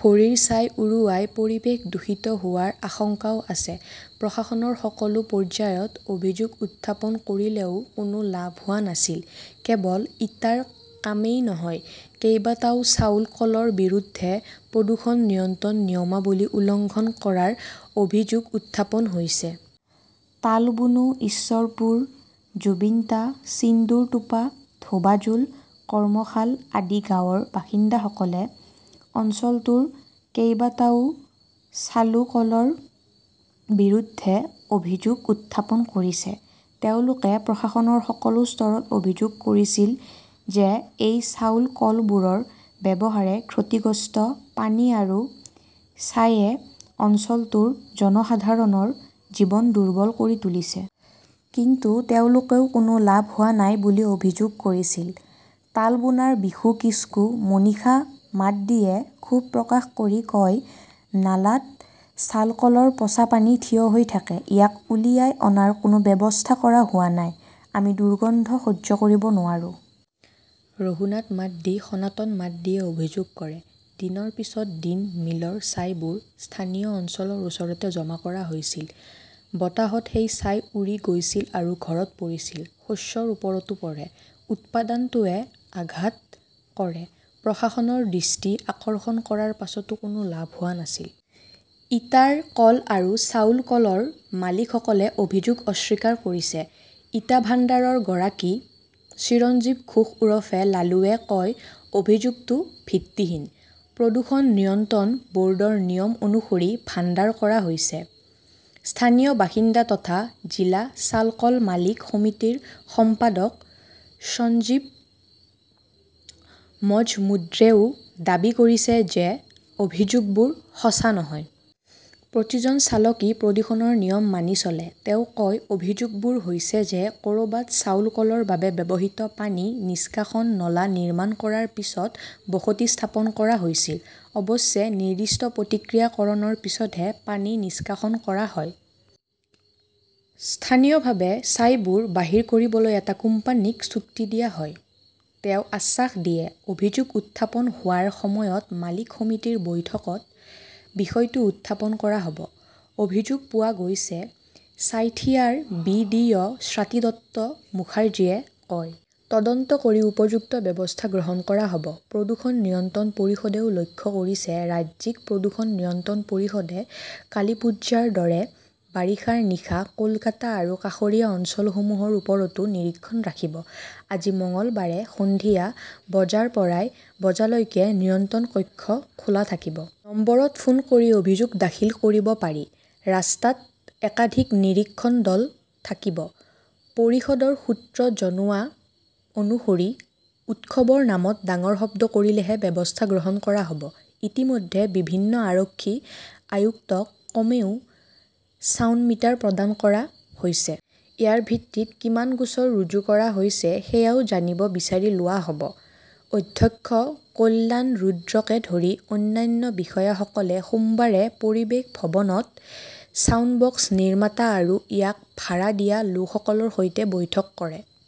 ভৰিৰ ছাই উৰুৱাই পৰিৱেশ দূষিত হোৱাৰ আশংকাও আছে। প্ৰশাসনৰ সকলো পৰ্যায়ত অভিযোগ উত্থাপন কৰিলেও কোনো লাভ হোৱা নাছিল। কেৱল ইটাৰ কামেই নহয়, কেইবাটাও চাউল কলৰ বিৰুদ্ধে প্ৰদূষণ নিয়ন্ত্ৰণ নিয়মাৱলী উলংঘন কৰাৰ অভিযোগ উত্থাপন হৈছে। তালবোনা, ঈশ্বৰপুৰ, জুৱিন্টা, ছিন্দুৰটোপা, ধোবাজোল, কামৰশাল আদি গাঁৱৰ বাসিন্দাসকলে অঞ্চলটোৰ কেইবাটাও চালু কলৰ বিৰুদ্ধে অভিযোগ উত্থাপন কৰিছে। তেওঁলোকে প্ৰশাসনৰ সকলো স্তৰত অভিযোগ কৰিছিল যে এই চাউল কলবোৰৰ ব্যৱহাৰে ক্ষতিগ্ৰস্ত পানী আৰু ছাইয়ে অঞ্চলটোৰ জনসাধাৰণৰ জীৱন দুৰ্বল কৰি তুলিছে। কিন্তু তেওঁলোকেও কোনো লাভ হোৱা নাই বুলি অভিযোগ কৰিছিল। তালবোনাৰ বিশু কিস্কু, মনীষা মাড্ডীয়ে ক্ষোভ প্ৰকাশ কৰি কয়, নালাত চালকলৰ পচা পানী থিয় হৈ থাকে। ইয়াক উলিয়াই অনাৰ কোনো ব্যৱস্থা কৰা হোৱা নাই। আমি দুৰ্গন্ধ সহ্য কৰিব নোৱাৰোঁ। ৰঘুনাথ মাড্ডী, সনাতন মাড্ডীয়ে অভিযোগ কৰে, দিনৰ পিছত দিন মিলৰ ছাইবোৰ স্থানীয় অঞ্চলৰ ওচৰতে জমা কৰা হৈছিল। বতাহত সেই ছাই উৰি গৈছিল আৰু ঘৰত পৰিছিল। শস্যৰ ওপৰতো পৰে। উৎপাদনটোৱে আঘাত কৰে। প্ৰশাসনৰ দৃষ্টি আকৰ্ষণ কৰাৰ পিছতো কোনো লাভ হোৱা নাছিল। ইটাৰ কল আৰু চাউল কলৰ মালিকসকলে অভিযোগ অস্বীকাৰ কৰিছে। ইটা ভাণ্ডাৰৰ গৰাকী চিৰঞ্জীৱ ঘোষ উৰফে লালুৱে কয়, অভিযোগটো ভিত্তিহীন। প্ৰদূষণ নিয়ন্ত্ৰণ বৰ্ডৰ নিয়ম অনুসৰি ভাণ্ডাৰ কৰা হৈছে। স্থানীয় বাসিন্দা তথা জিলা চালকল মালিক সমিতিৰ সম্পাদক সঞ্জীৱ মজমুদ্ৰেও দাবী কৰিছে যে অভিযোগবোৰ সঁচা নহয়। প্ৰতিজন চালকই প্ৰদূষণৰ নিয়ম মানি চলে। তেওঁ কয়, অভিযোগবোৰ হৈছে যে কৰবাত চাউল কলৰ বাবে ব্যৱহৃত পানী নিষ্কাশন নলা নিৰ্মাণ কৰাৰ পিছত বসতি স্থাপন কৰা হৈছিল। অৱশ্যে, নিৰ্দিষ্ট প্ৰক্ৰিয়াকৰণৰ পিছতহে পানী নিষ্কাশন কৰা হয়। স্থানীয়ভাৱে ছাইবোৰ বাহিৰ কৰিবলৈ এটা কোম্পানীক চুক্তি দিয়া হয়। তেওঁ আশ্বাস দিয়ে, অভিযোগ উত্থাপন হোৱাৰ সময়ত মালিক সমিতিৰ বৈঠকত বিষয়টো উত্থাপন কৰা হব। অভিযোগ পোৱা গৈছে, ছাইথিয়াৰ B. D. O. Swati Dutta মুখাৰ্জীয়ে কয়। তদন্ত কৰি উপযুক্ত ব্যৱস্থা গ্ৰহণ কৰা হব। প্ৰদূষণ নিয়ন্ত্ৰণ পৰিষদেও লক্ষ্য কৰিছে ৰাজ্যিক প্ৰদূষণ নিয়ন্ত্ৰণ পৰিষদে কালিপ্পুঝাৰ দৰে বাৰিষাৰ নিশা কলকাতা আৰু কাষৰীয়া অঞ্চলসমূহৰ ওপৰতো নিৰীক্ষণ ৰাখিব। আজি মঙলবাৰে সন্ধিয়া বজাৰ পৰা বজালৈকে নিয়ন্ত্ৰণ কক্ষ খোলা থাকিব। নম্বৰত ফোন কৰি অভিযোগ দাখিল কৰিব পাৰি। ৰাস্তাত একাধিক নিৰীক্ষণ দল থাকিব। পৰিষদৰ সূত্ৰই জনোৱা অনুসৰি উৎসৱৰ নামত ডাঙৰ শব্দ কৰিলেহে ব্যৱস্থা গ্ৰহণ কৰা হব। ইতিমধ্যে বিভিন্ন আৰক্ষী আয়ুক্তক কমেও ছাউণ্ড মিটাৰ প্ৰদান কৰা হৈছে। ইয়াৰ ভিত্তিত কিমান গোচৰ ৰুজু কৰা হৈছে সেয়াও জানিব বিচাৰি লোৱা হব। অধ্যক্ষ কল্যাণ ৰুদ্ৰকে ধৰি অন্যান্য বিষয়াসকলে সোমবাৰে পৰিৱেশ ভৱনত ছাউণ্ড বক্স নিৰ্মাতা আৰু ইয়াক ভাড়া দিয়া লোকসকলৰ সৈতে বৈঠক কৰে।